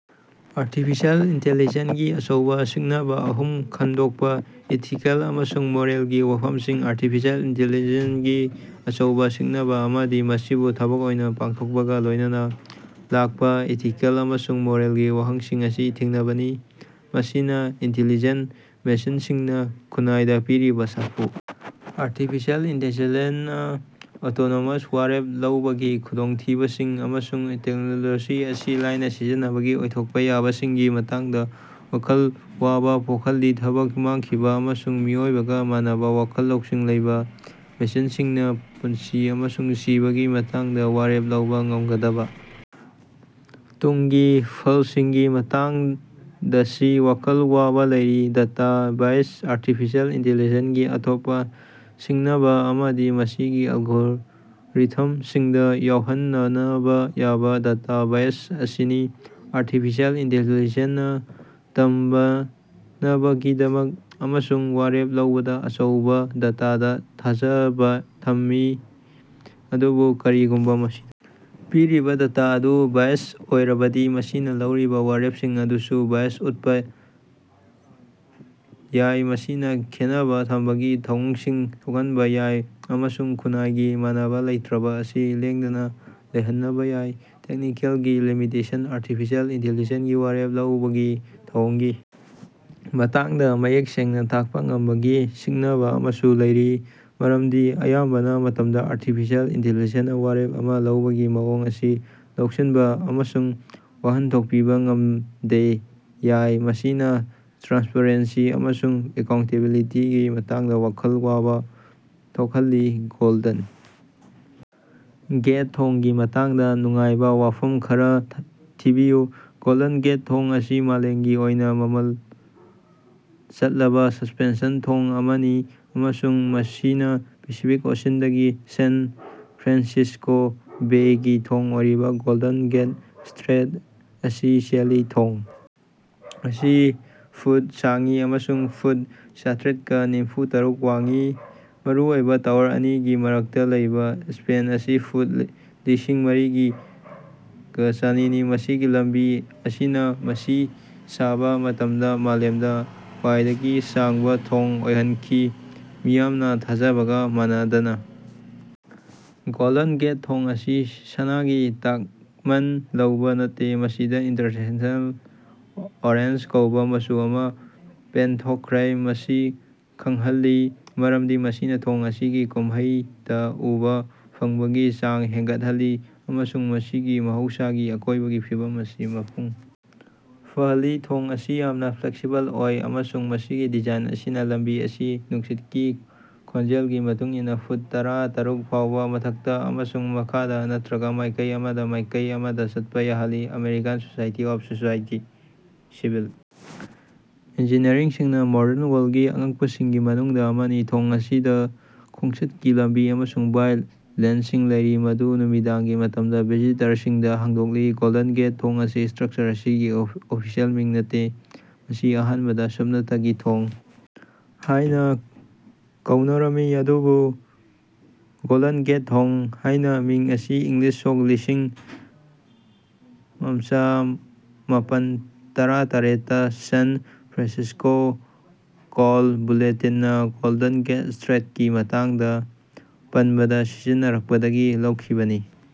Artificial ꯏꯟꯇꯦꯂꯤꯖꯦꯟꯁꯀꯤ ꯑꯆꯧꯕ ꯁꯤꯡꯅꯕ ꯑꯍꯨꯝ ꯈꯪꯗꯣꯛꯄꯥ꯫ ꯏꯊꯤꯀꯦꯜ ꯑꯃꯁꯨꯡ ꯃꯣꯔꯦꯜꯒꯤ ꯋꯥꯐꯝꯁꯤꯡ ꯑꯔꯇꯤꯐꯤꯑꯦꯜ ꯏꯟꯇꯦꯂꯤꯖꯦꯟꯁꯀꯤ ꯑꯆꯧꯕ ꯁꯤꯡꯅꯕ ꯑꯃꯗꯤ ꯃꯁꯤꯕꯨ ꯊꯕꯛ ꯑꯣꯏꯅ ꯄꯥꯡꯊꯣꯛꯄꯒꯥ ꯂꯣꯏꯅꯅꯥ ꯂꯥꯛꯄꯥ ꯏꯊꯤꯀꯦꯜ ꯑꯃꯁꯨꯡ ꯃꯣꯔꯦꯜꯒꯤ ꯋꯥꯍꯪꯁꯤꯡ ꯑꯁꯤ ꯊꯦꯡꯅꯕꯅꯤ꯫ ꯃꯁꯤꯅꯥ ꯏꯟꯇꯦꯂꯤꯖꯦꯟꯇ ꯃꯦꯁꯤꯟꯁꯤꯡꯅꯥ ꯈꯨꯟꯅꯥꯏꯗ ꯄꯤꯔꯤꯕ ꯁꯥꯐꯨ ꯑꯔꯇꯤꯐꯤꯁꯦꯜ ꯏꯟꯇꯦꯖꯦꯟꯁꯂꯦꯅꯥ ꯑꯣꯇꯣꯅꯣꯃꯁ ꯋꯥꯔꯦꯞ ꯂꯧꯕꯒꯤ ꯈꯨꯗꯣꯡꯊꯤꯕꯁꯤꯡ, ꯑꯃꯁꯨꯡ ꯇꯦꯛꯅꯣꯂꯣꯖꯤ ꯑꯁꯤ ꯂꯥꯟꯅꯥ ꯁꯤꯖꯤꯟꯅꯕꯒꯤ ꯑꯣꯏꯊꯣꯛꯄꯥ ꯌꯥꯕꯁꯤꯡꯒꯤ ꯃꯇꯥꯡꯗꯥ ꯋꯥꯈꯜ ꯋꯥꯕ ꯄꯣꯛꯍꯜꯂꯤ꯫ ꯊꯕꯛ ꯃꯥꯡꯈꯤꯕ ꯑꯃꯁꯨꯡ ꯃꯤꯑꯣꯏꯕꯒꯥ ꯃꯥꯟꯅꯕ ꯋꯥꯈꯜ ꯂꯧꯁꯤꯡ ꯂꯩꯕ ꯃꯦꯁꯤꯟꯁꯤꯡꯅꯥ ꯄꯨꯟꯁꯤ ꯑꯃꯁꯨꯡ ꯁꯤꯕꯒꯤ ꯃꯇꯥꯡꯗ ꯋꯥꯔꯦꯞ ꯂꯧꯕ ꯉꯝꯒꯗꯕ ꯇꯨꯡꯒꯤ ꯐꯂꯁꯤꯡꯒꯤ ꯃꯇꯥꯡꯗꯁꯤ ꯋꯥꯈꯜ ꯋꯥꯕꯥ ꯂꯩꯔꯤ꯫ ꯗꯦꯇꯥ ꯕꯥꯏꯁ ꯑꯥꯜꯔꯇꯤꯐꯤꯑꯦꯜ ꯏꯟꯇꯦꯂꯤꯖꯦꯟꯁꯀꯤ ꯑꯇꯣꯞꯄꯥ ꯁꯤꯡꯅꯕꯥ ꯑꯃꯗꯤ ꯃꯁꯤꯒꯤ ꯑꯦꯂꯒꯣꯔꯤꯊꯝꯁꯤꯡꯗꯥ ꯌꯥꯎꯍꯟꯅꯅꯕ ꯌꯥꯕ ꯗꯦꯇꯥ ꯕꯥꯏꯁ ꯑꯁꯤꯅꯤ꯫ ꯑꯔꯇꯤꯐꯤꯁꯦꯜ ꯏꯟꯇꯦꯂꯤꯖꯦꯟꯅꯥ ꯇꯝꯕꯅꯕꯒꯤꯗꯃꯛ ꯑꯃꯁꯨꯡ ꯋꯥꯔꯦꯞ ꯂꯧꯕꯗꯥ ꯑꯆꯧꯕ ꯗꯦꯇꯥꯗꯥ ꯊꯥꯖꯕ ꯊꯝꯃꯤ, ꯑꯗꯨꯕꯨ ꯀꯔꯤꯒꯨꯝꯕ ꯃꯁꯤꯗꯥ ꯄꯤꯔꯤꯕ ꯗꯦꯇꯥ ꯑꯗꯨ ꯕꯥꯏꯑꯦꯖ ꯑꯣꯏꯔꯕꯗꯤ, ꯃꯁꯤꯅꯥ ꯂꯧꯔꯤꯕ ꯋꯥꯔꯦꯞꯁꯤꯡ ꯑꯗꯨꯁꯨ ꯕꯥꯏꯁ ꯎꯠꯄꯥ ꯌꯥꯏ꯫ ꯃꯁꯤꯅꯥ ꯈꯦꯟꯅꯕ ꯊꯝꯕꯒꯤ ꯊꯧꯑꯣꯡꯁꯤꯡ ꯊꯣꯛꯍꯟꯕꯥ ꯌꯥꯏ ꯑꯃꯁꯨꯡ ꯈꯨꯟꯅꯥꯏꯒꯤ ꯃꯥꯟꯅꯕ ꯂꯩꯇꯔꯕ ꯑꯁꯤ ꯂꯦꯡꯗꯅꯥ ꯂꯩꯍꯟꯕ ꯌꯥꯏ꯫ ꯇꯦꯛꯅꯤꯀꯦꯜꯒꯤ ꯂꯤꯃꯤꯇꯦꯁꯟ ꯑꯔꯇꯤꯐꯤꯁꯦꯜ ꯏꯟꯇꯦꯂꯤꯖꯦꯟꯒꯤ ꯋꯥꯔꯦꯞ ꯂꯧꯕꯒꯤ ꯊꯧꯑꯣꯡꯒꯤ ꯃꯇꯥꯡꯗꯥ ꯃꯌꯦꯛ ꯁꯦꯡꯅꯥ ꯇꯥꯛꯄꯥ ꯉꯝꯕꯒꯤ ꯁꯤꯡꯅꯕ ꯑꯃꯁꯨ ꯂꯩꯔꯤ, ꯃꯔꯝꯗꯤ ꯑꯌꯥꯝꯕꯅ ꯃꯇꯝꯗꯥ ꯑꯔꯇꯤꯐꯤꯁꯦꯜ ꯏꯟꯇꯦꯂꯤꯖꯦꯟꯅꯥ ꯋꯥꯔꯦꯞ ꯑꯃꯥ ꯂꯧꯕꯒꯤ ꯃꯑꯣꯡ ꯑꯁꯤ ꯂꯧꯁꯤꯟꯕ ꯑꯃꯁꯨꯡ ꯋꯥꯍꯟꯊꯣꯛ ꯄꯤꯕ ꯉꯝꯗꯦ ꯌꯥꯏ, ꯃꯁꯤꯅꯥ ꯇ꯭ꯔꯥꯟꯁꯄꯔꯦꯟꯁꯤ ꯑꯃꯁꯨꯡ ꯑꯦꯀꯥꯎꯟꯇꯦꯕꯤꯂꯤꯇꯤꯒꯤ ꯃꯇꯥꯡꯗꯥ ꯋꯥꯈꯜ ꯋꯥꯕ ꯊꯣꯛꯍꯜꯂꯤ꯫ ꯒꯣꯜꯗꯟ ꯒꯦꯠ ꯊꯣꯡꯒꯤ ꯃꯇꯥꯡꯗꯥ ꯅꯨꯡꯉꯥꯏꯕ ꯋꯥꯐꯝ ꯈꯔꯥ ꯊꯤꯕꯤꯌꯨ꯫ ꯒꯣꯜꯗꯟ ꯒꯦꯠ ꯊꯣꯡ ꯑꯁꯤ ꯃꯥꯂꯦꯝꯒꯤ ꯑꯣꯏꯅ ꯃꯃꯜ ꯆꯠꯂꯕ ꯁꯁ꯭ꯄꯦꯟꯁꯟ ꯊꯣꯡ ꯑꯃꯅꯤ ꯑꯃꯁꯨꯡ ꯃꯁꯤꯅꯥ ꯄꯦꯁꯤꯐꯤꯛ ꯑꯣꯁꯤꯟꯗꯒꯤ ꯁꯥꯟ ꯐ꯭ꯔꯥꯟꯁꯤꯁ꯭ꯀꯣ ꯕꯦꯒꯤ ꯊꯣꯡ ꯑꯣꯏꯔꯤꯕ ꯒꯣꯜꯗꯟ ꯒꯦꯠ ꯁ꯭ꯠꯇꯔꯦꯠ ꯑꯁꯤ ꯆꯦꯜꯂꯤ꯫ ꯊꯣꯡ ꯑꯁꯤ ꯐꯨꯠ ꯁꯥꯡꯏ ꯑꯃꯁꯨꯡ ꯐꯨꯠ ꯆꯥꯇꯔꯦꯠꯒ ꯅꯤꯐꯨꯇꯥꯔꯨꯛ ꯋꯥꯡꯏ꯫ ꯃꯔꯨꯑꯣꯏꯕ ꯇꯋꯥꯔ ꯑꯅꯤꯒꯤ ꯃꯔꯛꯇ ꯂꯩꯕ ꯁ꯭ꯄꯦꯟ ꯑꯁꯤ ꯐꯨꯠ ꯂꯤꯁꯤꯡ ꯃꯔꯤꯒꯤꯒ ꯆꯥꯅꯤꯅꯤ ꯃꯁꯤꯒꯤ ꯂꯝꯕꯤ ꯑꯁꯤꯅꯥ ꯃꯁꯤ ꯁꯥꯕ ꯃꯇꯝꯗ ꯃꯥꯂꯦꯝꯗ ꯈ꯭ꯋꯥꯏꯗꯒꯤ ꯁꯥꯡꯕ ꯊꯣꯡ ꯑꯣꯏꯍꯟꯈꯤ꯫ ꯃꯤꯌꯥꯝꯅꯥ ꯊꯥꯖꯕꯒ ꯃꯥꯟꯅꯗꯅꯥ, ꯒꯣꯜꯗꯟ ꯒꯦꯠ ꯊꯣꯡ ꯑꯁꯤ ꯁꯅꯥꯒꯤ ꯇꯛꯃꯥꯟ ꯂꯧꯕ ꯅꯠꯇꯦ꯫ ꯃꯁꯤꯗꯥ ꯏꯟꯇꯔꯅꯦꯁ꯭ꯅꯦꯜ ꯑꯣꯔꯦꯟꯖ ꯀꯧꯕ ꯃꯆꯨ ꯑꯃꯥ ꯄꯦꯟꯊꯣꯛꯈ꯭ꯔꯦ ꯃꯁꯤ ꯈꯪꯍꯜꯂꯤ ꯃꯔꯝꯗꯤ ꯃꯁꯤꯅꯥ ꯊꯣꯡ ꯑꯁꯤꯒꯤ ꯀꯨꯝꯍꯩꯗꯥ ꯎꯕꯥ ꯐꯪꯕꯒꯤ ꯆꯥꯡ ꯍꯦꯟꯒꯠꯍꯜꯂꯤ ꯑꯃꯁꯨꯡ ꯃꯁꯤꯒꯤ ꯃꯍꯧꯁꯥꯒꯤ ꯑꯀꯣꯏꯕꯒꯤ ꯐꯤꯕꯝ ꯑꯁꯤ ꯃꯄꯨꯡ ꯐꯥꯍꯜꯂꯤ꯫ ꯊꯣꯡ ꯑꯁꯤ ꯌꯥꯝꯅ ꯐ꯭ꯂꯦꯛꯁꯤꯕꯜ ꯑꯣꯏ ꯑꯃꯁꯨꯡ ꯃꯁꯤꯒꯤ ꯗꯤꯖꯥꯏꯟ ꯑꯁꯤꯅꯥ ꯂꯝꯕꯤ ꯑꯁꯤ ꯅꯨꯡꯁꯤꯠꯀꯤ ꯈꯣꯡꯖꯦꯜꯒꯤ ꯃꯇꯨꯡ ꯏꯟꯅꯥ ꯐꯨꯠ ꯇꯔꯥꯇꯥꯔꯨꯛ ꯐꯥꯎꯕ ꯃꯊꯛꯇꯥ ꯑꯃꯁꯨꯡ ꯃꯈꯥꯗꯥ ꯅꯠꯇ꯭ꯔꯒ ꯃꯥꯏꯀꯩ ꯑꯃꯗ ꯃꯥꯏꯀꯩ ꯑꯃꯗꯥ ꯆꯠꯄ ꯌꯥꯍꯜꯂꯤ꯫ ꯑꯃꯦꯔꯤꯀꯥꯟ ꯁꯣꯁꯥꯏꯇꯤ ꯑꯣꯐ ꯁꯤꯚꯤꯜ ꯏꯟꯖꯤꯅꯤꯌꯔꯁꯤꯡꯅꯥ ꯃꯣꯗꯔꯟ ꯋꯥꯔꯜꯗꯀꯤ ꯑꯉꯛꯄꯁꯤꯡꯒꯤ ꯃꯅꯨꯡꯗꯥ ꯑꯃꯅꯤ꯫ ꯊꯣꯡ ꯑꯁꯤꯗꯥ ꯈꯣꯡꯆꯠꯀꯤ ꯂꯝꯕꯤ ꯑꯃꯁꯨꯡ ꯕꯥꯏꯛ ꯂꯦꯟꯁꯤꯡ ꯂꯩꯔꯤ ꯃꯗꯨ ꯅꯨꯃꯤꯗꯥꯡꯒꯤ ꯃꯇꯝꯗꯥ ꯚꯤꯖꯤꯇꯔꯁꯤꯡꯗꯥ ꯍꯥꯡꯗꯣꯛꯂꯤ꯫ ꯒꯣꯜꯗꯟ ꯒꯦꯠ ꯊꯣꯡ ꯑꯁꯤ ꯁ꯭ꯠꯔꯀꯆꯔ ꯑꯁꯤꯒꯤ ꯑꯣꯐꯤꯁꯤꯑꯦꯜ ꯃꯃꯤꯡ ꯅꯠꯇꯦ꯫ ꯃꯁꯤ ꯑꯍꯥꯟꯕꯗꯥ ꯁꯨꯞꯅꯇꯒꯤ ꯊꯣꯡ ꯍꯥꯏꯅ ꯀꯧꯅꯔꯝꯃꯤ ꯑꯗꯨꯕꯨ ꯒꯣꯜꯗꯟ ꯒꯦꯠ ꯊꯣꯡ ꯍꯥꯏꯅꯥ ꯃꯤꯡ ꯑꯁꯤ ꯏꯪ ꯁꯣꯛ ꯂꯤꯁꯤꯡ ꯑꯃꯥꯆꯥꯃꯥꯄꯟ ꯇꯔꯥꯇꯔꯦꯠꯇꯥ ꯁꯥꯟ ꯐ꯭ꯔꯥꯟꯁꯤꯁ꯭ꯀꯣ ꯀꯣꯜ ꯕꯨꯂꯦꯠꯇꯤꯟꯅꯥ ꯒꯣꯜꯗꯟ ꯒꯦꯠ ꯁ꯭ꯠꯔꯦꯠꯀꯤ ꯃꯇꯥꯡꯗꯥ ꯄꯟꯕꯗꯥ ꯁꯤꯖꯤꯟꯅꯔꯛꯄꯗꯒꯤ ꯂꯧꯈꯤꯕꯅꯤ꯫